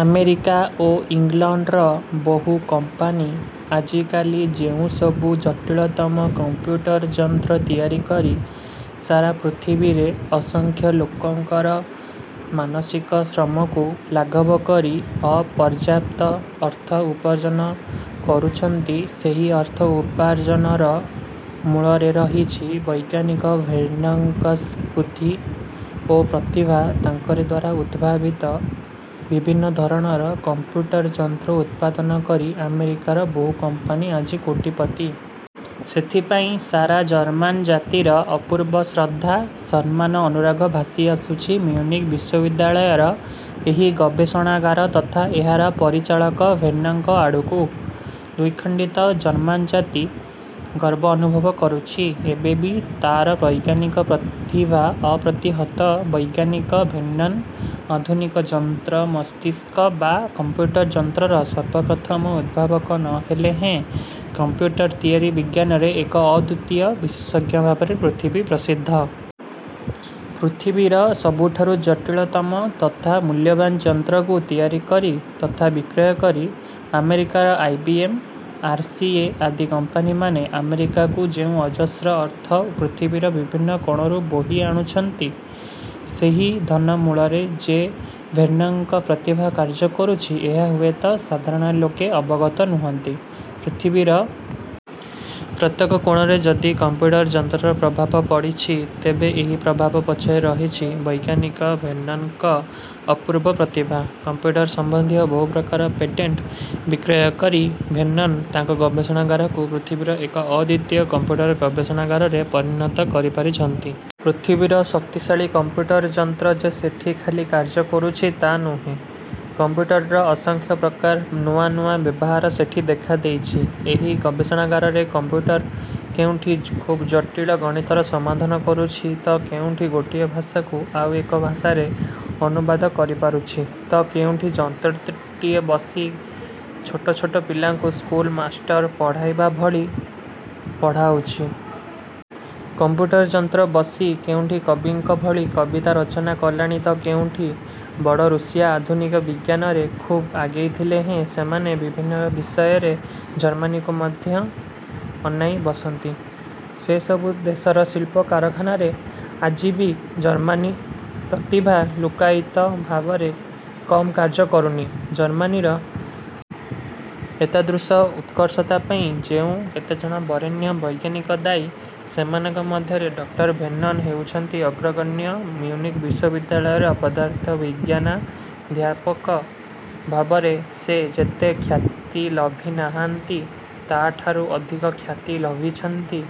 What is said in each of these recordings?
America ଓ ଇଂଲଣ୍ଡର ବହୁ କମ୍ପାନୀ ଆଜିକାଲି ଯେଉଁ ସବୁ ଜଟିଳତମ କମ୍ପ୳ଟର ଯନ୍ତ୍ର ତିଆରିକରି ସାରା ପୃଥିବୀରେ ଅସଂଖ୍ୟ ଲୋକଙ୍କର ମାନସିକ ଶ୍ରମକୁ ଲାଘବକରି ଅପର୍ଯ୍ୟାପ୍ତ ଅର୍ଥ ଉପାର୍ଜନ କରୁଛନ୍ତି ସେହି ଅର୍ଥ ଉପାର୍ଜନର ମୂଳରେ ରହିଛି ବୈଜ୍ଞାନିକ ଭେର୍ନନ୍ଙ୍କ ବୁଦ୍ଧି ଓ ପ୍ରତିଭା ତାଙ୍କରି ଦ୍ୱାରା ଉଦ୍ଭାବିତ ବିଭିନ୍ନ ଧରଣର କମ୍ପୁ୳ଟର ଯନ୍ତ୍ର ଉତ୍ପାଦନ କରି ଆମେରିକାର ବହୁ କମ୍ପାନୀ ଆଜି କୋଟିପତି। ସେଥିପାଇଁ ସାରା ଜର୍ମାନ୍ ଜାତିର ଅପୂର୍ବ ଶ୍ରଦ୍ଧା, ସମ୍ମାନ ଅନୁରାଗ ଭାସିଆସୁଛି ମିଉନିକ୍ ବିଶ୍ୱବିଦ୍ୟାଳୟର ଏହି ଗବେଷଣାଗାର ତଥା ଏହାର ପରିଚାଳକ ଭେର୍ନନ୍ଙ୍କ ଆଡ଼କୁ। ଦ୍ୱିଖଣ୍ଡିତ ଜର୍ମାନ ଜାତି ଗର୍ବ ଅନୁଭବ କରୁଛି, ଏବେ ବି ତାର ବୈଜ୍ଞାନିକ ପ୍ରତିଭା ଅପ୍ରତିହତ ବୈଜ୍ଞାନିକ ଭେର୍ନନ୍ ଆଧୁନିକ ଯନ୍ତ୍ର ମସ୍ତିଷ୍କ ବା କମ୍ପ୍ୟୁଟର ଯନ୍ତ୍ରର ସର୍ବପ୍ରଥମ ଉଦ୍ଭାବକ ନ ହେଲେ ହେଁ କମ୍ପ୍ୟୁଟର ତିଆରି ବିଜ୍ଞାନରେ ଏକ ଅଦ୍ୱିତୀୟ ବିଶେଷଜ୍ଞ ଭାବରେ ପୃଥିବୀପ୍ରସିଦ୍ଧ। ପୃଥିବୀର ସବୁଠାରୁ ଜଟିଳତମ ତଥା ମୂଲ୍ୟବାନ ଯନ୍ତ୍ରକୁ ତିଆରି ତଥା ବିକ୍ରୟ କରି ଆମେରିକାର I. B. M., R. C. A. ଆଦି କମ୍ପାନୀମାନେ ଆମେରିକାକୁ ଯେଉଁ ଅଜସ୍ର ଅର୍ଥ ପୃଥିବୀର ବିଭିନ୍ନ କୋଣରୁ ବୋହି ଆଣୁଛନ୍ତି, ସେହି ଧନ ମୂଳରେ ଯେ ଭେର୍ନଙ୍କ ପ୍ରତିଭା କାର୍ଯ୍ୟ କରୁଛି, ଏହା ହୁଏତ ସାଧାରଣ ଲୋକେ ଅବଗତ ନୁହନ୍ତି। ପୃଥିବୀର ପ୍ରତ୍ୟେକ କୋଣରେ ଯଦି କଂପ୍ୟୁଟର ଯନ୍ତ୍ରର ପ୍ରଭାବ ପଡ଼ିଛି, ତେବେ ଏହି ପ୍ରଭାବ ପଛରେ ରହିଛି ବୈଜ୍ଞାନିକ ଭେର୍ନନ୍ ଙ୍କ ଅପୂର୍ବ ପ୍ରତିଭା। କମ୍ପ୍ୟୁଟର ସମ୍ବନ୍ଧୀୟ ବହୁ ପ୍ରକାର ପେଟେଣ୍ଟ ବିକ୍ରୟ କରି ଭେର୍ନନ୍ ତାଙ୍କ ଗବେଷଣାଗାରକୁ ପୃଥିବୀର ଏକ ଅଦ୍ୱିତୀୟ କମ୍ପ୍ୟୁଟର ଗବେଷଣାଗାରରେ ପରିଣତ କରି ପାରିଛନ୍ତି। ପୃଥିବୀର ଶକ୍ତିଶାଳୀ କମ୍ପ୍ୟୁଟର ଯନ୍ତ୍ର ଯେ ସେଠି ଖାଲି କାର୍ଯ୍ୟ କରୁଛି ତା ନୁହେଁ, କମ୍ପ୍ୟୁଟରର ଅସଂଖ୍ୟ ପ୍ରକାର ନୂଆ ନୂଆ ବ୍ୟବହାର ସେଠି ଦେଖାଦେଇଛି। ଏହି ଗବେଷଣାଗାରରେ କମ୍ପ୍ୟୁଟର କେଉଁଠି ଖୁବ୍ ଜଟିଳ ଗଣିତର ସମାଧାନ କରୁଛି ତ କେଉଁଠି ଗୋଟିଏ ଭାଷାକୁ ଆଉ ଏକ ଭାଷାରେ ଅନୁବାଦ କରିପାରୁଛି ତ କେଉଁଠି ଯନ୍ତ୍ରଟିଏ ବସି ଛୋଟ ଛୋଟ ପିଲାଙ୍କୁ ସ୍କୁଲମାଷ୍ଟର ପଢ଼ାଇବାଭଳି ପଢ଼ାଉଛି। କମ୍ପ୍ୟୁଟର ଯନ୍ତ୍ର ବସି କେଉଁଠି କବିଙ୍କ ଭଳି କବିତା ରଚନା କଲାଣି ତ କେଉଁଠି ବଡ଼ ରୁଷିଆ ଆଧୁନିକ ବିଜ୍ଞାନରେ ଖୁବ୍ ଆଗେଇ ଥିଲେ ହେଁ ସେମାନେ ବିଭିନ୍ନ ବିଷୟରେ ଜର୍ମାନୀକୁ ମଧ୍ୟ ଅନାଇଁ ବସନ୍ତି। ସେସବୁ ଦେଶର ଶିଳ୍ପକାରଖାନାରେ ଆଜି ବି ଜର୍ମାନୀ ପ୍ରତିଭା ଲୁକ୍କାୟିତ ଭାବରେ କମ୍ କାର୍ଯ୍ୟ କରୁନି। ଜର୍ମାନୀର ଏତାଦୃଶ ଉତ୍କର୍ଷତା ପାଇଁ ଯେଉଁ କେତେ ଜଣ ବରେଣ୍ୟ ବୈଜ୍ଞାନିକ ଦାୟୀ, ସେମାନଙ୍କ ମଧ୍ୟରେ ଡକ୍ଟର ଭେର୍ନନ୍ ହେଉଛନ୍ତି ଅଗ୍ରଗଣ୍ୟ ମିଉନିକ୍ ବିଶ୍ୱବିଦ୍ୟାଳୟର ପଦାର୍ଥବିଜ୍ଞାନାଧ୍ୟାପକ ଭାବରେ ସେ ଯେତେ ଖ୍ୟାତି ଲଭି ନାହାନ୍ତି ତା'ଠାରୁ ଅଧିକ ଖ୍ୟାତି ଲଭିଛନ୍ତି,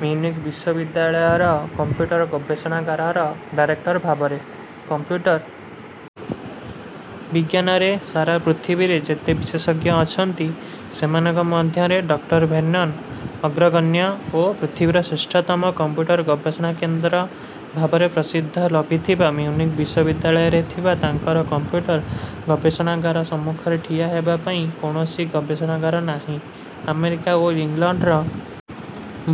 ମିଉନିକ୍ ବିଶ୍ୱବିଦ୍ୟାଳୟର କମ୍ପ୍ୟୁଟର ଗବେଷଣାଗାରର ଡାରେକ୍ଟର ଭାବରେ। କମ୍ପ୍ୟୁଟର ବିଜ୍ଞାନରେ ସାରା ପୃଥିବୀରେ ଯେତେ ବିଶେଷଜ୍ଞ ଅଛନ୍ତି, ସେମାନଙ୍କ ମଧ୍ୟରେ ଡକ୍ଟର ଭେର୍ନନ୍ ଅଗ୍ରଗଣ୍ୟ ଓ ପୃଥିବୀର ଶ୍ରେଷ୍ଠତମ କଂପ୍ୟୁଟର ଗବେଷଣାକେନ୍ଦ୍ର ଭାବରେ ପ୍ରସିଦ୍ଧ ଲଭିଥିବା ମିଉନିକ୍ ବିଶ୍ୱବିଦ୍ୟାଳୟରେ ଥିବା ତାଙ୍କର କଂପ୍ୟୁଟର ଗବେଷଣାଗାର ସମ୍ମୁଖରେ ଠିଆହେବା ପାଇଁ କୌଣସି ଗବେଷଣାଗାର ନାହିଁ। ଆମେରିକା ଓ ଇଂଲଣ୍ଡର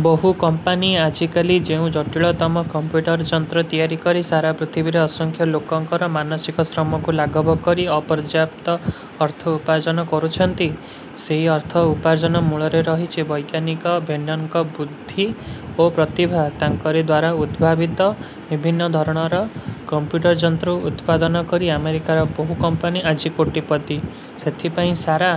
ବହୁ କମ୍ପାନୀ ଆଜିକାଲି ଯେଉଁ ଜଟିଳତମ କଂପ୍ୟୁଟର ଯନ୍ତ୍ର ତିଆରିକରି ସାରା ପୃଥିବୀରେ ଅସଂଖ୍ୟ ଲୋକଙ୍କର ମାନସିକ ଶ୍ରମକୁ ଲାଘବକରି ଅପର୍ଯ୍ୟାପ୍ତ ଅର୍ଥ ଉପାର୍ଜନ କରୁଛନ୍ତି, ସେହି ଅର୍ଥ ଉପାର୍ଜନ ମୂଳରେ ରହିଛି ବୈଜ୍ଞାନିକ ଭେର୍ନନ୍ଙ୍କ ବୁଦ୍ଧି ଓ ପ୍ରତିଭା ତାଙ୍କରି ଦ୍ୱାରା ଉଦ୍ଭାବିତ ବିଭିନ୍ନ ଧରଣର କଂପ୍ୟୁଟର ଯନ୍ତ୍ର ଉତ୍ପାଦନ କରି ଆମେରିକାର ବହୁ କମ୍ପାନୀ ଆଜି କୋଟିପତି। ସେଥିପାଇଁ ସାରା